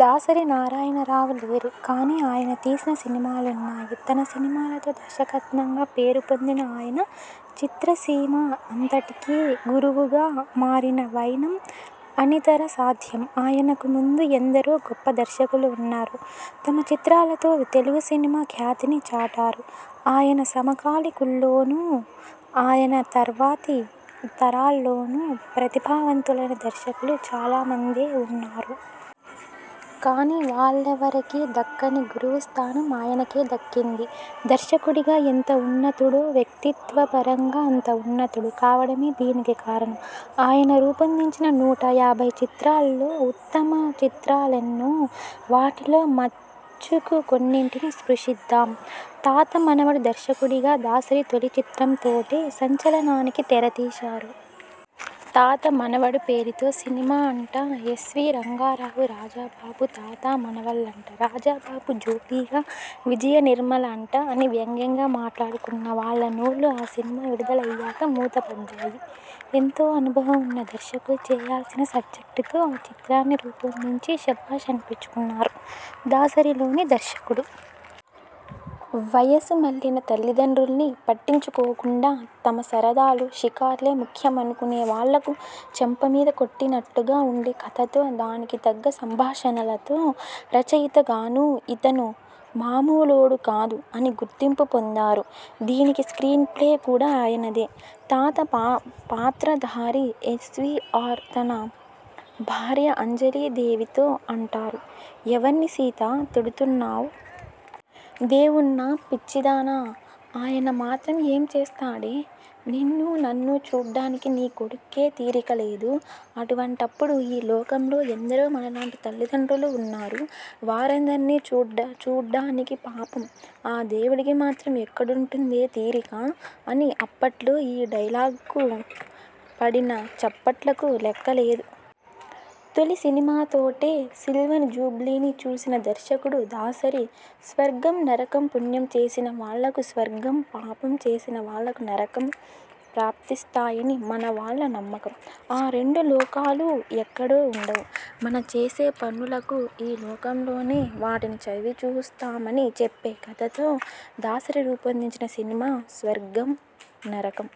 దాసరి నారాయణరావు లేరు. కానీ ఆయన తీసిన సినిమాలున్నాయి. తన సినిమాలతో 'దర్శకరత్న'గా పేరుపొందిన ఆయన, చిత్రసీమ అంతటికీ గురువుగా మారిన వైనం అనితర సాధ్యం. ఆయనకు ముందు ఎందరో గొప్ప దర్శకులు ఉన్నారు. తమ చిత్రాలతో తెలుగు సినిమా ఖ్యాతిని చాటారు. ఆయన సమకాలికుల్లోనూ, ఆయన తర్వాతి తరాల్లోనూ ప్రతిభావంతులైన దర్శకులు చాలా మందే ఉన్నారు. కానీ వాళ్లెవరికీ దక్కని గురువు స్థానం ఆయనకే దక్కింది. దర్శకుడిగా ఎంత ఉన్నతుడో, వ్యక్తిత్వపరంగా అంత ఉన్నతుడు కావడమే దీనికి కారణం. ఆయన రూపొందించిన నూట యాభై చిత్రాల్లో ఉత్తమ చిత్రాలెన్నో వాటిలో మచ్చుకు కొన్నింటిని స్పృశిద్దాం. తాత మనవడు దర్శకుడిగా దాసరి తొలి చిత్రంతోటే సంచలనానికి తెరతీశారు. 'తాత మనవడు' పేరుతో సినిమా అంట ఎస్వీ రంగారావు, రాజబాబు తాతా మనవళ్లంట రాజబాబు జోడీగా విజయనిర్మల అంట అని వ్యంగ్యంగా మాట్లాడుకున్నవాళ్ల నోళ్లు ఆ సినిమా విడుదలయ్యాక మూతపడ్డాయి. ఎంతో అనుభవం ఉన్న దర్శకులు చేయాల్సిన సబ్జెక్టుతో ఆ చిత్రాన్ని రూపొందించి శభాష్ అనిపించుకున్నారు దాసరిలోని దర్శకుడు. వయసుమళ్లిన తల్లిదండ్రుల్ని పట్టించుకోకుండా, తమ సరదాలు, షికార్లే ముఖ్యమనుకొనేవాళ్లకు చెంపమీద కొట్టినట్లుగా ఉండే కథతో, దానికి తగ్గ సంభాషణలతో రచయితగానూ 'ఇతను మామూలోడు కాదు' అని గుర్తింపు పొందారు. దీనికి స్క్రీన్ ప్లే కూడా ఆయనదే. తాత పాత్రధారి ఎస్వీఆర్ తన భార్య అంజలీదేవితో అంటారు ''ఎవర్ని సీతా తిడుతున్నావ్! దేవుడ్నా! పిచ్చిదానా! ఆయన మాత్రం ఏం చేస్తాడే! నిన్నూ నన్నూ చూడ్డానికి నీ కొడుక్కే తీరిక లేదు! అటువంటప్పుడు ఈ లోకంలో ఎందరో మనలాంటి తల్లిదండ్రులు ఉన్నారు! వారందర్నీ చూడ్డానికి పాపం ఆ దేవుడికి మాత్రం ఎక్కడుంటుందే తీరిక! '' అని. అప్పట్లో ఈ డైలాగ్కు పడిన చప్పట్లకు లెక్కలేదు. తొలి సినిమాతోటే సిల్వర్ జూబ్లీని చూసిన దర్శకుడు దాసరి. స్వర్గం నరకం పుణ్యం చేసిన వాళ్లకు స్వర్గం, పాపం చేసిన వాళ్లకు నరకం ప్రాప్తిస్తాయని మనవాళ్ల నమ్మకం. ఆ రెండు లోకాలూ ఎక్కడో ఉండవు, మనం చేసే పనులకు ఈ లోకంలోనే వాటిని చవిచూస్తామని చెప్పే కథతో దాసరి రూపొందించిన సినిమా 'స్వర్గం నరకం'.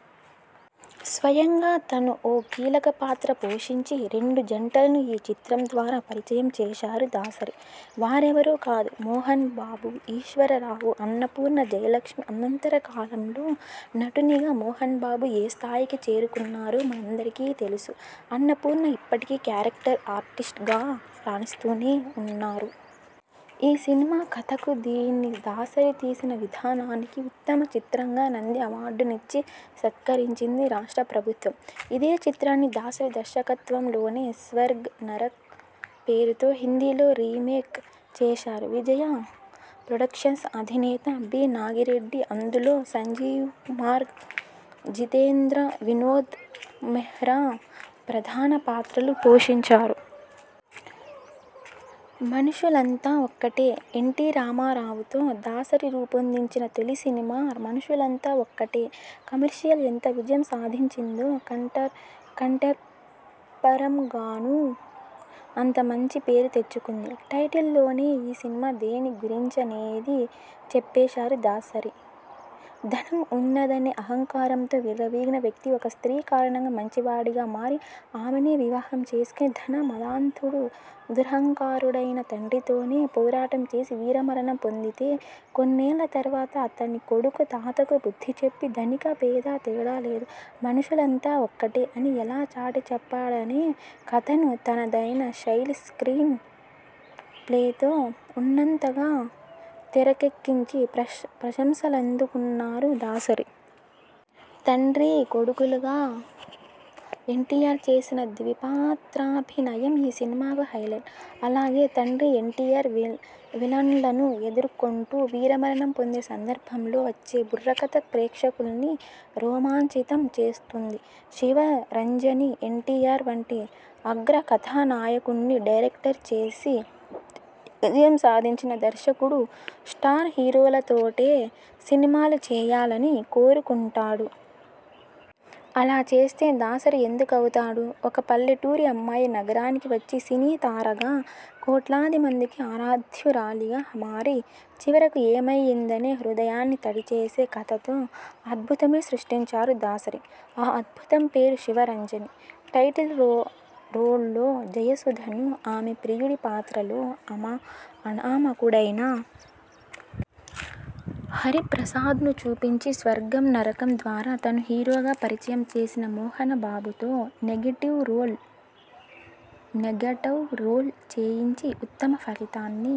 స్వయంగా తను ఓ కీలక పాత్ర పోషించి, రెండు జంటలను ఈ చిత్రం ద్వారా పరిచయం చేశారు దాసరి. వారెవరో కాదు మోహన్ బాబు, ఈశ్వరరావు, అన్నపూర్ణ, జయలక్ష్మి. అనంతర కాలంలో నటునిగా మోహనబాబు ఏ స్థాయికి చేరుకున్నారో మనందరికీ తెలుసు. అన్నపూర్ణ ఇప్పటికీ క్యారెక్టర్ ఆర్టిస్ట్ గా రాణిస్తూనే ఉన్నారు. ఈ సినిమా కథకు, దీన్ని దాసరి తీసిన విధానానికి ఉత్తమ చిత్రంగా నంది అవార్డునిచ్చి సత్కరించింది రాష్ట్ర ప్రభుత్వం. ఇదే చిత్రాన్ని దాసరి దర్శకత్వంలోనే 'స్వర్గ్ నరక్' పేరుతో హిందీలో రీమేక్ చేశారు విజయా ప్రొడక్షన్స్ అధినేత బి. నాగిరెడ్డి. అందులో సంజీవ్కుమార్, జితేంద్ర, వినోద్ మెహ్రా ప్రధాన పాత్రలు పోషించారు. మనుషులంతా ఒక్కటే ఎన్టీ రామారావుతో దాసరి రూపొందించిన తొలి సినిమా 'మనుషులంతా ఒక్కటే' కమర్షియల్ ఎంత విజయం సాధించిందో, కంటెంట్పరంగానూ అంత మంచి పేరు తెచ్చుకుంది. టైటిల్లోనే ఈ సినిమా దేని గురించనేది చెప్పేశారు దాసరి. ధనం ఉన్నదనే అహంకారంతో విర్రవీగిన వ్యక్తి ఒక స్త్రీ కారణంగా మంచివాడిగా మారి, ఆమెనే వివాహం చేసుకొని, ధన మదాంధుడు, దురహంకారుడైన తండ్రితోనే పోరాటం చేసి, వీర మరణం పొందితే, కొన్నేళ్ల తర్వాత అతని కొడుకు తాతకు బుద్ధిచెప్పి, ధనిక పేదా తేడా లేదు 'మనుషులంతా ఒక్కటే' అని ఎలా చాటిచెప్పాడనే కథను తనదైన శైలి స్క్రీన్ ప్లేతో ఉన్నతంగా తెరకెక్కించి ప్రశంసలందుకున్నారు దాసరి. తండ్రీ కొడుకులుగా ఎన్టీఆర్ చేసిన ద్విపాత్రాభినయం ఈ సినిమాకు హైలైట్. అలాగే తండ్రి ఎన్టీఆర్ విలన్లను ఎదుర్కొంటూ వీరమరణం పొందే సందర్భంలో వచ్చే బుర్రకథ ప్రేక్షకుల్ని రోమాంచితం చేస్తుంది. శివరంజని ఎన్టీఆర్ వంటి అగ్ర కథానాయకుడ్ని డైరెక్ట్ చేసి విజయం సాధించిన దర్శకుడు స్టార్ హీరోలతోటే సినిమాలు చేయాలని కోరుకుంటాడు. అలా చేస్తే దాసరి ఎందుకవుతాడు! ఒక పల్లెటూరి అమ్మాయి నగరానికి వచ్చి, సినీ తారగా కోట్లాదిమందికి ఆరాధ్యురాలిగా మారి, చివరకు ఏమయ్యిందనే హృదయాన్ని తడిచేసే కథతో అద్భుతమే సృష్టించారు దాసరి. ఆ అద్భుతం పేరు 'శివరంజని'. టైటిల్ రోల్లో జయసుధను, ఆమె ప్రియుడి పాత్రలో అనామకుడైన హరిప్రసాద్ను చూపించి, 'స్వర్గం నరకం' ద్వారా తను హీరోగా పరిచయం చేసిన మోహనబాబుతో నెగటివ్ రోల్ చేయించి ఉత్తమ ఫలితాన్ని